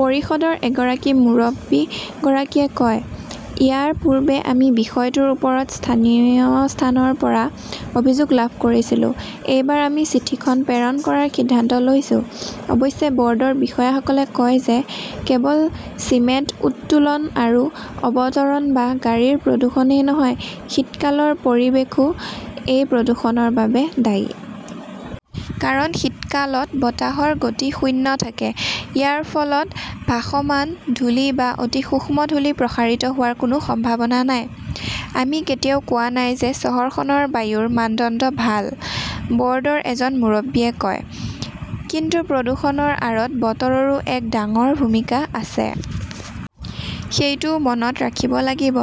পৰিষদৰ এগৰাকী মুৰব্বীগৰাকীয়ে কয়, "ইয়াৰ পূৰ্বে আমি বিষয়টোৰ ওপৰত স্থানীয় স্থানৰ পৰা অভিযোগ লাভ কৰিছিলোঁ। এইবাৰ আমি চিঠিখন প্ৰেৰণ কৰাৰ সিদ্ধান্ত লৈছোঁ"। অৱশ্যে, ব'ৰ্ডৰ বিষয়াসকলে কয় যে, কেৱল চিমেণ্ট উত্তোলন আৰু অৱতৰণ বা গাড়ীৰ প্ৰদূষণেই নহয়, শীতকালৰ পৰিৱেশো এই প্ৰদূষণৰ বাবে দায়ী। কাৰণ শীতকালত বতাহৰ গতি শূন্য থাকে। ইয়াৰ ফলত ভাসমান ধূলি বা অতি সূক্ষ্ম ধূলি প্ৰসাৰিত হোৱাৰ কোনো সম্ভাৱনা নাই। "আমি কেতিয়াও কোৱা নাই যে চহৰখনৰ বায়ুৰ মানদণ্ড ভাল", বৰ্ডৰ এজন মুৰব্বীয়ে কয়। "কিন্তু প্ৰদূষণৰ আঁৰত বতৰৰো এক ডাঙৰ ভূমিকা আছে। সেইটোও মনত ৰাখিব লাগিব"।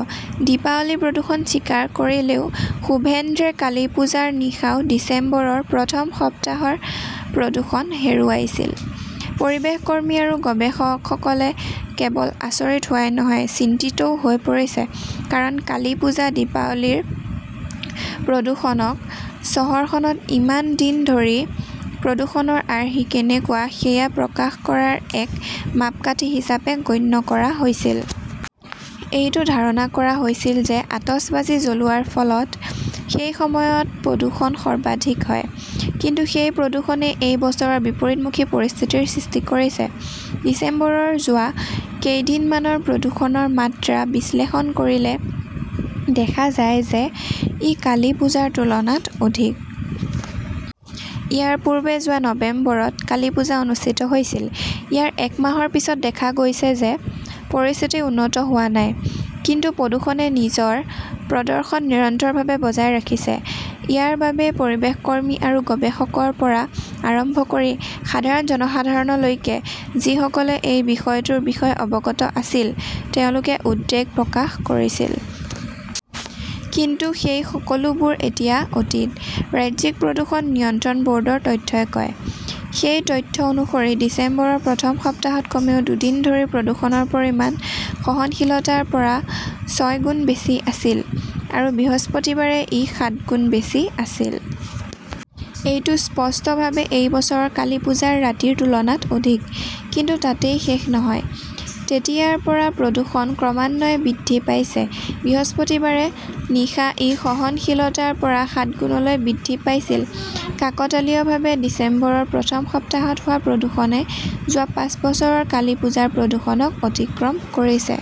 দীপাৱলী-প্ৰদূষণ স্বীকাৰ কৰিলে শুভেন্দ্ৰে কালী পুজাৰ নিশাও ডিচেম্বৰৰ প্ৰথম সপ্তাহৰ প্ৰদূষণ হেৰুৱাইছিল। পৰিৱেশকৰ্মী আৰু গৱেষকসকলে কেৱল আচৰিত হোৱাই নহয়, চিন্তিতও হৈ পৰিছে। কাৰণ, কালী পুজা-দীপাৱলীৰ প্ৰদূষণক চহৰখনত ইমান দিন ধৰি প্ৰদূষণৰ আৰ্হি কেনেকুৱা সেয়া প্ৰকাশ কৰাৰ এক মাপকাঠি হিচাপে গণ্য কৰা হৈছিল। এইটো ধাৰণা কৰা হৈছিল যে আতচবাজী জ্বলোৱাৰ ফলত সেই সময়ত প্ৰদূষণ সৰ্বাধিক হয়। কিন্তু সেই প্ৰদূষণেই এই বছৰ বিপৰীতমুখী পৰিস্থিতিৰ সৃষ্টি কৰিছে। ডিচেম্বৰৰ যোৱা কেইদিনমানৰ প্ৰদূষণৰ মাত্ৰা বিশ্লেষণ কৰিলে দেখা যায় যে, ই কালী পুজাৰ তুলনাত অধিক । ইয়াৰ পূৰ্বে যোৱা নৱেম্বৰত কালী পুজা অনুষ্ঠিত হৈছিল। ইয়াৰ এক মাহৰ পিছত দেখা গৈছে যে, পৰিস্থিতি উন্নত হোৱা নাই। কিন্তু প্ৰদূষণে নিজৰ প্ৰদৰ্শন নিৰন্তৰভাৱে বজাই ৰাখিছে। ইয়াৰ বাবেই পৰিৱেশকৰ্মী আৰু গৱেষকৰ পৰা আৰম্ভ কৰি সাধাৰণ জনসাধাৰণলৈকে, যিসকলে এই বিষয়টোৰ বিষয়ে অৱগত আছিল, তেওঁলোকে উদ্বেগ প্ৰকাশ কৰিছিল। কিন্তু সেই সকলোবোৰ এতিয়া অতীত, ৰাজ্যিক প্ৰদূষণ নিয়ন্ত্ৰণ বৰ্ডৰ তথ্যই কয়। সেই তথ্য অনুসৰি, ডিচেম্বৰৰ প্ৰথম সপ্তাহত কমেও দুদিন ধৰি প্ৰদূষণৰ পৰিমাণ সহনশীলতাৰ পৰা ছয়গুণ বেছি আছিল। আৰু বৃহস্পতিবাৰে ই সাতগুণ বেছি আছিল। এইটো স্পষ্টভাৱে এই বছৰৰ কালীপুজাৰ ৰাতিৰ তুলনাত অধিক। কিন্তু তাতেই শেষ নহয়। তেতিয়াৰ পৰা প্ৰদূষণ ক্ৰমান্বয়ে বৃদ্ধি পাইছে। বৃহস্পতিবাৰে নিশা ই সহনশীলতাৰ পৰা সাতগুণলৈ বৃদ্ধি পাইছিল। কাকতালীয়ভাৱে, ডিচেম্বৰৰ প্ৰথম সপ্তাহত হোৱা প্ৰদূষণে যোৱা পাঁচ বছৰৰ কালীপুজাৰ প্ৰদূষণক অতিক্ৰম কৰিছে।